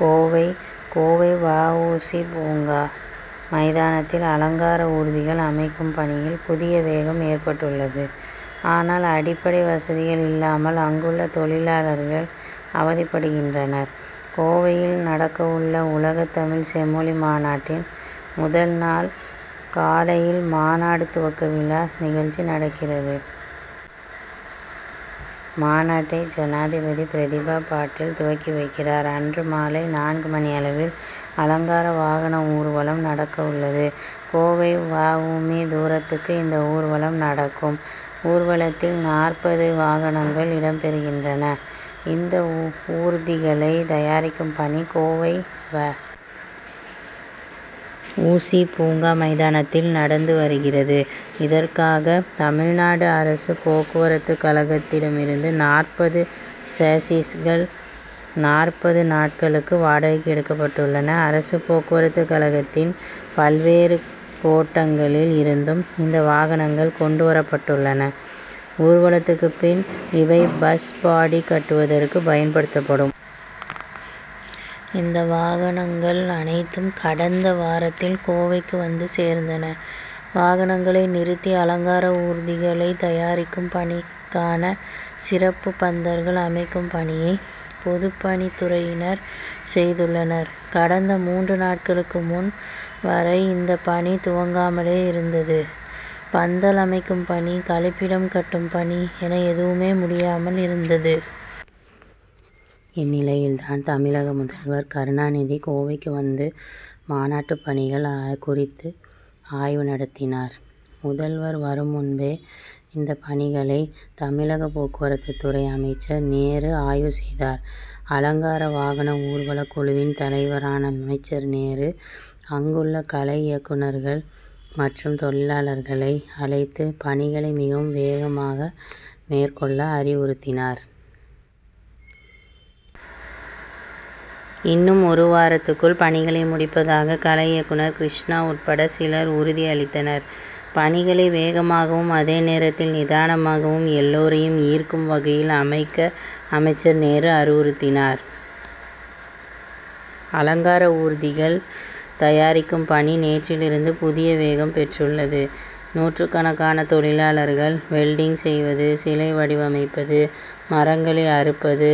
கோவை கோவை வ. உ. சி., பூங்கா மைதானத்தில், அலங்கார ஊர்திகள் அமைக்கும் பணியில் புதிய வேகம் ஏற்பட்டுள்ளது ஆனால், அடிப்படை வசதிகள் இல்லாமல் அங்குள்ள தொழிலாளர்கள் அவதிப்படுகின்றனர். கோவையில் நடக்கவுள்ள உலகத்தமிழ் செம்மொழி மாநாட்டின் முதல் நாள் காலையில் மாநாடு துவக்க விழா நிகழ்ச்சி நடக்கிறது. மாநாட்டை ஜனாதிபதி பிரதிபா பாட்டீல் துவக்கி வைக்கிறார். அன்று மாலை நான்கு மணியளவில், அலங்கார வாகன ஊர்வலம் நடக்கவுள்ளது. கோவை வ. உ. மீ., தூரத்துக்கு இந்த ஊர்வலம் நடக்கும். ஊர்வலத்தில், நாற்பது வாகனங்கள் இடம் பெறுகின்றன. இந்த ஊர்திகளைத் தயாரிக்கும் பணி, கோவை வ. உ. சி., பூங்கா மைதானத்தில் நடந்து வருகிறது. இதற்காக, தமிழ்நாடு அரசு போக்குவரத்துக்கழகத்திடமிருந்து நாற்பது சேஸீஸ்கள், நாற்பது நாட்களுக்கு வாடகைக்கு எடுக்கப்பட்டுள்ளன. அரசு போக்குவரத்துக்கழகத்தின் பல்வேறு கோட்டங்களில் இருந்தும், இந்த வாகனங்கள் கொண்டு வரப்பட்டுள்ளன. ஊர்வலத்துக்குப் பின், இவை பஸ் பாடி' கட்டுவதற்கு பயன் படுத்தப்படும். இந்த வாகனங்கள் அனைத்தும், கடந்த வாரத்தில் கோவைக்கு வந்து சேர்ந்தன. வாகனங்களை நிறுத்தி, அலங்கார ஊர்திகளைத்தயாரிக்கும் பணிக்காக சிறப்புப் பந்தல்கள் அமைக்கும் பணியை, பொதுப்பணித்துறையினர் செய்துள்ளனர். கடந்த மூன்று நாட்களுக்கு முன் வரை, இந்தப் பணி துவங்காமலே இருந்தது. பந்தல் அமைக்கும் பணி, கழிப்பிடம் கட்டும் பணி என எதுவுமே முடியாமல் இருந்தது. இந்நிலையில்தான் தமிழக முதல்வர் கருணாநிதி, கோவைக்கு வந்து, மாநாட்டுப் பணிகள் குறித்து ஆய்வு நடத்தினார். முதல்வர் வரும் முன்பே, இந்த பணிகளை தமிழக போக்குவரத்துத்துறை அமைச்சர் நேரு ஆய்வு செய்தார். அலங்கார வாகன ஊர்வலக் குழுவின் தலைவரான அமைச்சர் நேரு, அங்குள்ள கலை இயக்குனர்கள் மற்றும் தொழிலாளர்களை அழைத்து, பணிகளை மிகவும் வேகமாக மேற்கொள்ள அறிவுறுத்தினார். இன்னும் ஒரு வாரத்துக்குள் பணிகளை முடிப்பதாக கலை இயக்குனர் கிருஷ்ணா உட்பட சிலர் உறுதி அளித்தனர். பணிகளை வேகமாகவும், அதே நேரத்தில் நிதானமாகவும் எல்லோரையும் ஈர்க்கும் வகையில் அமைக்க அமைச்சர் நேரு அறிவுறுத்தினார். அலங்கார ஊர்திகள் தயாரிக்கும் பணி, நேற்றிலிருந்து புதிய வேகம் பெற்றுள்ளது. நூற்றுக்கணக்கான தொழிலாளர்கள், வெல்டிங் செய்வது, சிலை வடிவமைப்பது, மரங்களை அறுப்பது,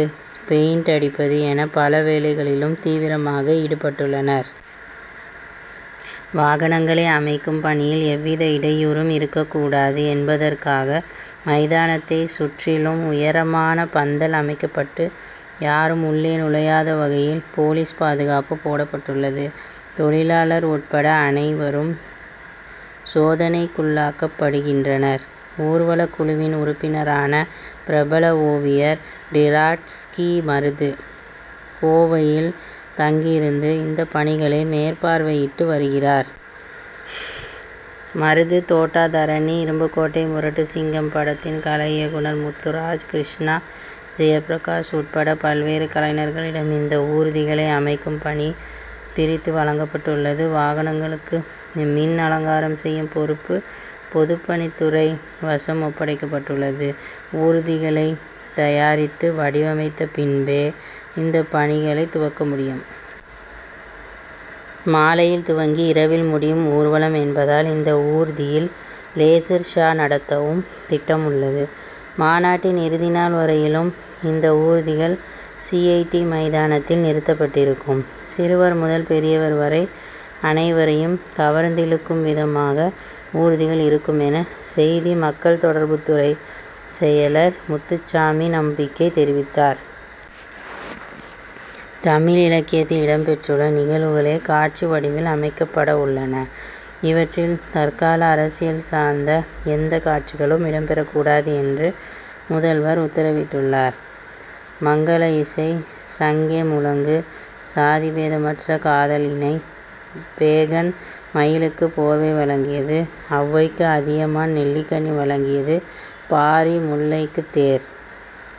பெயின்ட் அடிப்பது என பல வேலைகளிலும் தீவிரமாக ஈடுபட்டுள்ளனர். வாகனங்களை அமைக்கும் பணியில், எவ்வித இடையூறும் இருக்கக்கூடாது என்பதற்காக மைதானத்தைச் சுற்றிலும் உயரமான பந்தல் அமைக்கப்பட்டு, யாரும் உள்ளே நுழையாத வகையில் போலீஸ் பாதுகாப்பு போடப்பட்டுள்ளது. தொழிலாளர் உட்பட அனைவரும் சோதனைக்குள்ளாக்கப்படுகின்றனர். ஊர்வலக் குழுவின் உறுப்பினரான பிரபல ஓவியர் டிராட்ஸ்கி மருது, கோவையில் தங்கியிருந்து இந்தப் பணிகளை மேற்பார்வையிட்டு வருகிறார். மருது, தோட்டா தரணி, இரும்புக்கோட்டை முரட்டு சிங்கம் படத்தின் கலை இயக்குனர் முத்துராஜ், கிருஷ்ணா, ஜெயப்பிரகாஷ் உட்பட பல்வேறு கலைஞர்களிடம் இந்த ஊர்திகளை அமைக்கும் பணி, பிரித்து வழங்கப்பட்டுள்ளது. வாகனங்களுக்கு மின் அலங்காரம் செய்யும் பொறுப்பு, பொதுப்பணித்துறை வசம் ஒப்படைக்கப்பட்டுள்ளது. ஊர்திகளைத் தயாரித்து வடிவமைத்தபின்பே, இந்த பணிகளைத் துவக்க முடியும். மாலையில் துவங்கி இரவில் முடியும் ஊர்வலம் என்பதால், இந்த ஊர்தியில் லேசர் ஷா' நடத்தவும் திட்டம் உள்ளது. மாநாட்டின் இறுதி நாள் வரையிலும் இந்த ஊர்திகள், சி. ஐ. டி.,மைதானத்தில் நிறுத்தப்பட்டிருக்கும். சிறுவர் முதல் பெரியவர் வரை அனைவரையும் கவர்ந் திழுக்கும் விதமாக, ஊர்திகள் இருக்கும் என, செய்தி மக்கள் தொடர்புத்துறை செயலர் முத்துச்சாமி நம் பிக்கை தெரிவித்தார். தமிழ் இலக்கியத்தில் இடம் பெற்றுள்ள நிகழ்வுகளே, காட்சி வடிவில் அமைக்கப்படவுள்ளன. இவற்றில், தற்கால அரசியல் சார்ந்த எந்தக் காட்சிகளும் இடம் பெறக்கூடாது என்று முதல்வர் உத்தரவிட்டுள்ளார். மங்கள இசை, சங்கே முழங்கு, சாதிபேதமற்ற காதல் இணை, பேகன் மயிலுக்கு போர்வை வழங்கியது, அவ்வைக்கு அதியமான் நெல்லிக்கனி வழங்கியது, பாரி முல்லைக்கு தேர்